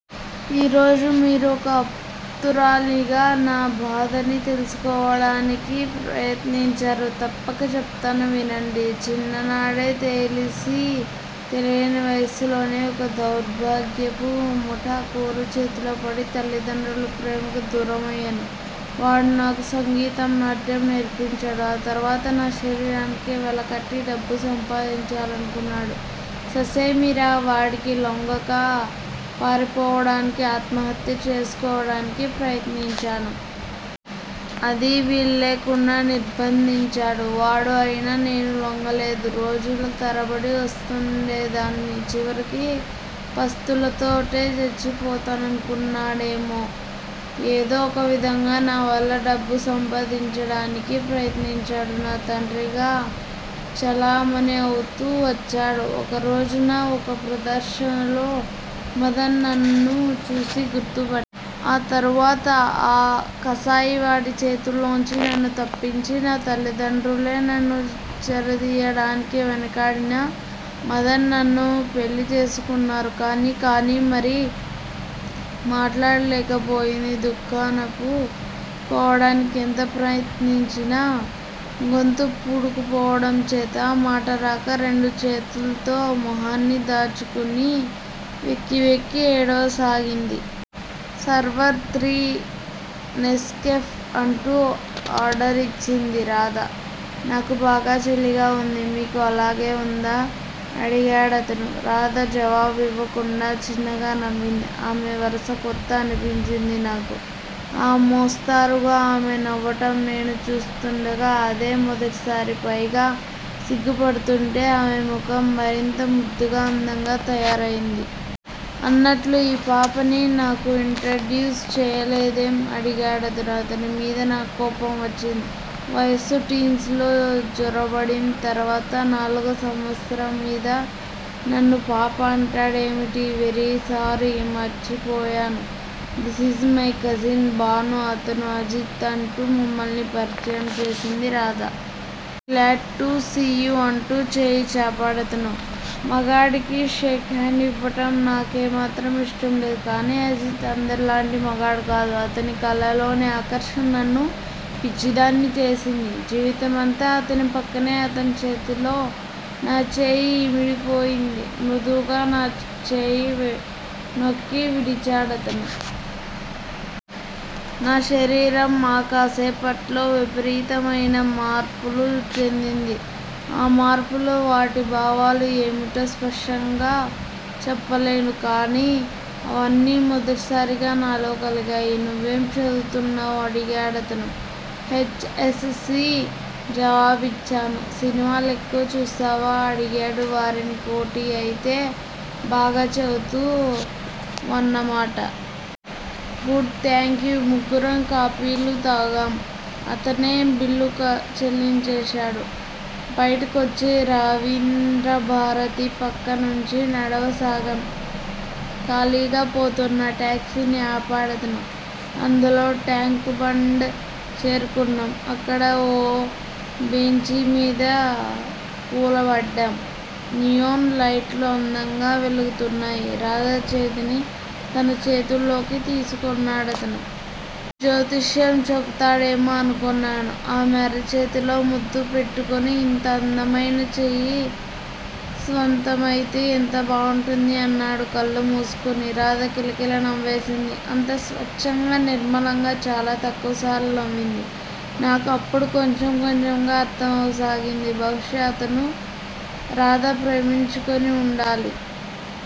ఈ రోజు మీరు ఒక ఆప్తురాలిగా, నా బాధని తెలుసుకోవడానికి ప్రయత్నించారు. తప్పక చెప్తాను వినండి. చిన్ననాడే తెలిసీ తెలియని వయస్సులోనే ఒక దౌర్భాగ్యపు ముఠాకోరు చేతిలో పడి, తల్లిదండ్రుల ప్రేమకి దూరమయ్యాను. వాడు నాకు సంగీతం, నాట్యం నేర్పించాడు. ఆ తరువాత నా శరీరానికి వెలకట్టి డబ్బు సంపాదించాలనుకున్నాడు ససేమిరా వాడికి లొంగక పారిపోవడానికీ, ఆత్మహత్య చేసుకోవడానికీ ప్రయత్నించాను. అదీ వీల్లేకుండా నిర్భందించాడు వాడు. అయినా నేను లొంగలేదు. రోజుల తరబడి వస్తుండేదాన్ని చివరికి పస్తులతోటే చచ్చిపోతాననుకున్నాడేమో ఏదో ఒక విధంగా నావల్ల డబ్బు సంపాదించడానికి ప్రయత్నించాడు. నా తండ్రిగా చలామణి అవుతూ వచ్చాడు. ఒకరోజున ఒక ప్రదర్శనలో, మధన్ నన్ను చూసి గుర్తు ప. ఆ తరువాత, ఆ కసాయివాడి చేతుల్లోంచి నన్ను తప్పించి, నా తల్లిదండ్రులే నన్ను చేరదియ్యడానికి వెనకాడినా, మధన్ నన్ను పెళ్ళి చేసుకున్నారు కానీ కానీ మరి మాట్లాడలేకపోయింది దుఃఖాన్నాపు కోవడానికి ఎంత ప్రయత్నించినా, గొంతు పూడుకుపోవడంచేత, మాటరాక, రెండు చేతుల్తో మొహాన్ని దాచుకుని వెక్కి వెక్కి ఏడవసాగింది. సర్వర్! Three Nescafe! అంటూ ఆర్డరిచ్చింది రాధ. నాకు బాగా చలిగా ఉంది. మీకూ అలాగే ఉందా? అడిగాడతను. రాధ జవాబివ్వకుండా చిన్నగా నవ్వింది. ఆమె వరస కొత్త అనిపించింది నాకు. ఆ మోస్తారుగా ఆమె నవ్వటం నేను చూస్తూండగా అదే మొదటిసారి. పైగా సిగ్గుపడుతూంటే ఆమె ముఖం మరింత ముద్దుగా అందంగా తయారయింది. అన్నట్లు, ఈ పాపని నాకు ఇంట్రడ్యూస్ చెయ్యలేదేం? అడిగాడతను. అతని మీద నాకు కోపం వచ్చింది. వయస్సు 'టీన్స్' లో జొరబడిం తర్వాత నాలుగో సంవత్సరమిది. నన్ను 'పాప' అంటాడేమిటి? Very sorry! మర్చిపోయాను. దిసీజ్ మై కజిన్, భాను అతను అజిత్! అంటూ మమ్మల్ని పరిచయం చేసింది రాధ. Glad to see you! అంటూ చేయి చాపాడతను. మగాడికి షేక్ హాండ్ ఇవ్వటం నాకేమాత్రం ఇష్టం లేదు. కాని, అజిత్ అందరిలాంటి మగాడు కాదు. అతని కళ్ళలోని ఆకర్షణ నన్ను పిచ్చిదాన్ని చేసింది. జీవితమంతా అతని పక్కనే అతని చేతిలో నా చేయి ఇమిడిపోయింది. మృదువుగా నా చేయి నొక్కి విడిచాడతను. నా శరీరం ఆ కాసేపట్లో, విపరీతమయిన మార్పులు చెందింది. ఆ మార్పులు, వాటి భావాలు ఏమిటో స్పష్టంగా చెప్పలేను. కాని, అవన్నీ మొదటిసారిగా నాలో కలిగాయి. నువ్వేం చదువుతున్నావ్? అడిగాడతను. హెచ్. ఎస్. సి. జవాబిచ్చాను. సినిమా లెక్కువ చూస్తావా? అడిగాడు. వారాని కోటి! అయితే, బాగా చదువుతా వన్నమాట! గుడ్! థాంక్యూ! ముగ్గురం కాపీలు తాగాం. అతనే బిల్లు చెల్లించివేశాడు. బయటికొచ్చి రవీంద్రభారతి పక్క నుంచి నడవసాగాం. ఖాళీగా పోతున్న టాక్సీని ఆపాడతను. అందులో టాంక్ బండ్ చేరుకున్నాం. అక్కడ ఓ బెంచీమీద కూలబడ్డాం. నియోన్ లైట్లు అందంగా వెలుగుతున్నాయి. రాధ చేతిని తన చేతుల్లోకి తీసుకొన్నాడతను. జ్యోతిష్యం చెబుతాడేమో అనుకొన్నాను. ఆమె అరచేతిలో ముద్దు పెట్టుకొని, ఇంత అందమయిన చెయ్యి స్వంతమయితే ఎంత బావుంటుందీ! అన్నాడు కళ్ళు మూసుకొని. రాధ కిలకిల నవ్వేసింది. అంత స్వచ్ఛంగా, నిర్మలంగా చాలా తక్కువసార్లు నవ్వింది. నాకు అప్పుడు కొంచెం కొంచెంగా అర్థమవసాగింది. బహుశా అతనూ, రాధా ప్రేమించుకొని ఉండాలి.